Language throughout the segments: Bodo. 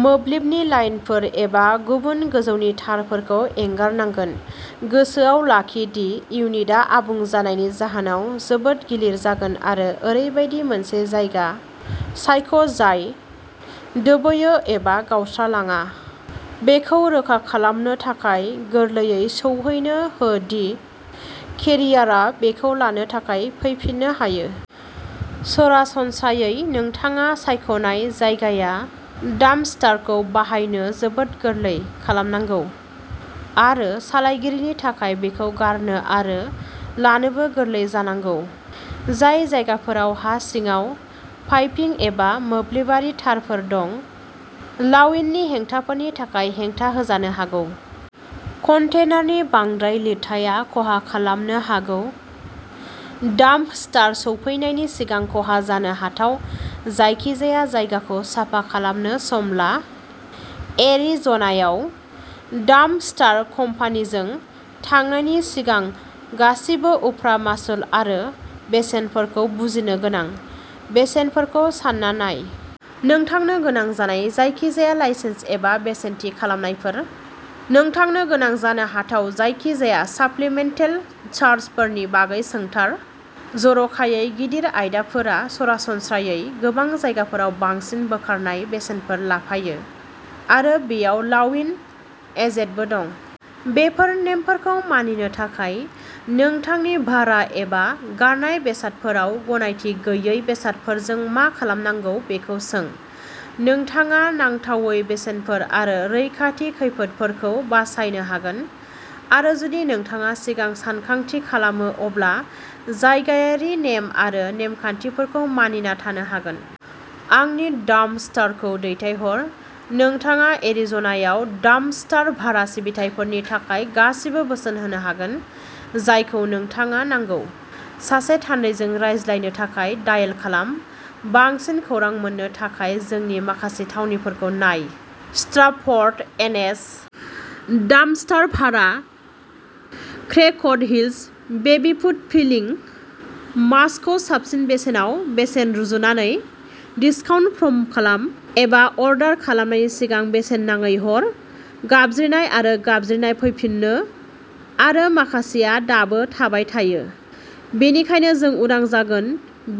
मोब्लिबनि लाइनफोर एबा गुबुन गोजौनि तारफोरखौ एंगारनांगोन। गोसोआव लाखि दि इउनिटआ आबुं जानायनि जाहोनाव जोबोद गिलिर जागोन आरो ओरैबायदि मोनसे जायगा सायख'जाय दोबैयो एबा गावस्रालाङा। बेखौ रोखा खालामनो थाखाय गोरलैयै सौहैनो हो दि केरियारआ बेखौ लानो थाखाय फैफिननो हायो। सरासनस्रायै, नोंथाङा सायख'नाय जायगाया डाम्पस्टारखौ बाहायनो जोबोद गोरलै खालामनांगौ आरो सालायगिरिनि थाखाय बेखौ गारनो आरो लानोबो गोरलै जानांगौ। जाय जायगाफोराव हा सिङाव पाइपिं एबा मोब्लिबारि तारफोर दं, लाविननि हेंथाफोरनि थाखाय हेंथा होजानो हागौ। कन्टेनारनि बांद्राय लिरथाया खहा खालामनो हागौ। डाम्पस्टार सौफैनायनि सिगां खहा जानो हाथाव जायखिजाया जायगाखौ साफा खालामनो सम ला। एरिज'नायाव डाम्पस्टार कम्पानिजों थांनायनि सिगां गासिबो उफ्रा मासुल आरो बेसेनफोरखौ बुजिनो गोनां। बेसेनफोरखौ सानना नाय। नोंथांनो गोनां जानाय जायखिजाया लाइसेन्स एबा बेसेन थि खालामनायफोर। नोंथांनो गोनां जानो हाथाव जायखिजाया साप्लिमेन्टेल चार्जफोरनि बागै सोंथार। जर'खायै गिदिर आयदाफोरा सरासनस्रायै गोबां जायगाफोराव बांसिन बोखारनाय बेसेनफोर लाफायो, आरो बेयाव लाविन, एजेडबो दं। बेफोर नेमफोरखौ मानिनो थाखाय, नोंथांनि भारा एबा गारनाय बेसादफोराव गनायथि गैयै बेसादफोरजों मा खालामनांगौ बेखौ सों। नोंथाङा नांथावै बेसेनफोर आरो रैखाथि खैफोदफोरखौ बासायनो हागोन, आरो जुदि नोंथाङा सिगां सानखांथि खालामो अब्ला जायगायारि नेम आरो नेमखान्थिफोरखौ मानिना थानो हागोन। आंनि डाम्पस्टारखौ दैथायहर, नोंथाङा एरिज'नायाव डाम्पस्टार भारा सिबिथाइफोरनि थाखाय गासिबो बोसोन होनो हागोन, जायखौ नोंथाङा नांगौ। सासे थान्दैजों रायज्लायनो थाखाय डायेल खालाम। बांसिन खौरां मोननो थाखाय, जोंनि माखासे थावनिफोरखौ नाय स्ट्राफर्ड, एन. एच. डाम्पस्टार भारा। Cracked heels baby foot peeling मास्कखौ साबसिन बेसेनाव? बेसेन रुजुनानै, डिस्काउन्ट प्र'म खालाम, एबा अर्डार खालामनायनि सिगां बेसेन नाङै हर। गाबज्रिनाय आरो गाबज्रिनाय फैफिनो। आरो माखासेआ दाबो थाबाय थायो। बेनिखायनो जों उदां जागोन,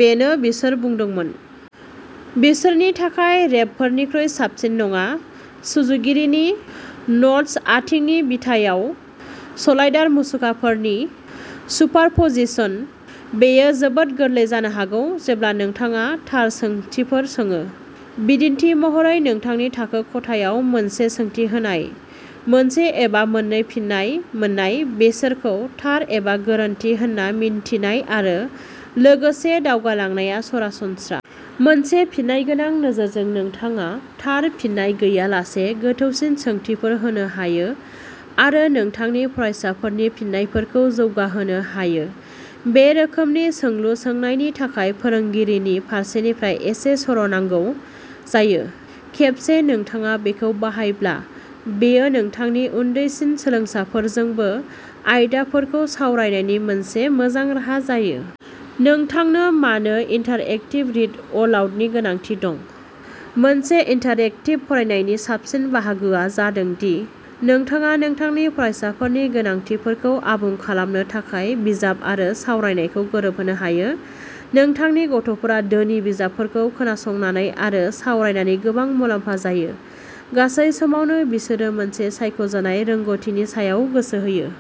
बेनो बिसोर बुंदोंमोन। बिसोरनि थाखाय रेबफोरनिख्रुइ साबसिन नङा। सुजुगिरिनि न'टस आथिंनि बिथायाव स'लाइडार मुसुखाफोरनि सुपारप'जिसन। बेयो जोबोद गोरलै जानो हागौ जेब्ला नोंथाङा थार सोंथिफोर सोङो। बिदिन्थि महरै नोंथांनि थाखो खथायाव मोनसे सोंथि होनाय, मोनसे एबा मोननै फिननाय मोननाय बिसोरखौ थार एबा गोरोन्थि होन्ना मिन्थिनाय आरो लोगोसे दावगालांनाया सरासनस्रा। मोनसे फिननायगोनां नोजोरजों, नोंथाङा "थार" फिननाय गैयालासे गोथौसिन सोंथिफोर होनो हायो आरो नोंथांनि फरायसाफोरनि फिननायफोरखौ जौगाहोनो हायो। बे रोखोमनि सोंलु सोंनायनि थाखाय फोरोंगिरिनि फारसेनिफ्राय एसे सर' नांगौ जायो। खेबसे नोंथाङा बेखौ बाहायब्ला, बेयो नोंथांनि उन्दैसिन सोलोंसाफोरजोंबो आयदाफोरखौ सावरायनायनि मोनसे मोजां राहा जायो। नोंथांनो मानो इन्टारएक्टिभ रिड अलाउडनि गोनांथि दं? मोनसे इन्टारेक्टिभ फरायनायनि साबसिन बाहागोआ जादों दि नोंथाङा नोंथांनि फरायसाफोरनि गोनांथिफोरखौ आबुं खालामनो थाखाय बिजाब आरो सावरायनायखौ गोरोबहोनो हायो। नोंथांनि गथ'फोरा धोनि बिजाबफोरखौ खोनासंनानै आरो सावरायनानै गोबां मुलाम्फा जायो। गासै समावनो बिसोरो मोनसे सायख'जानाय रोंग'थिनि सायाव गोसो होयो।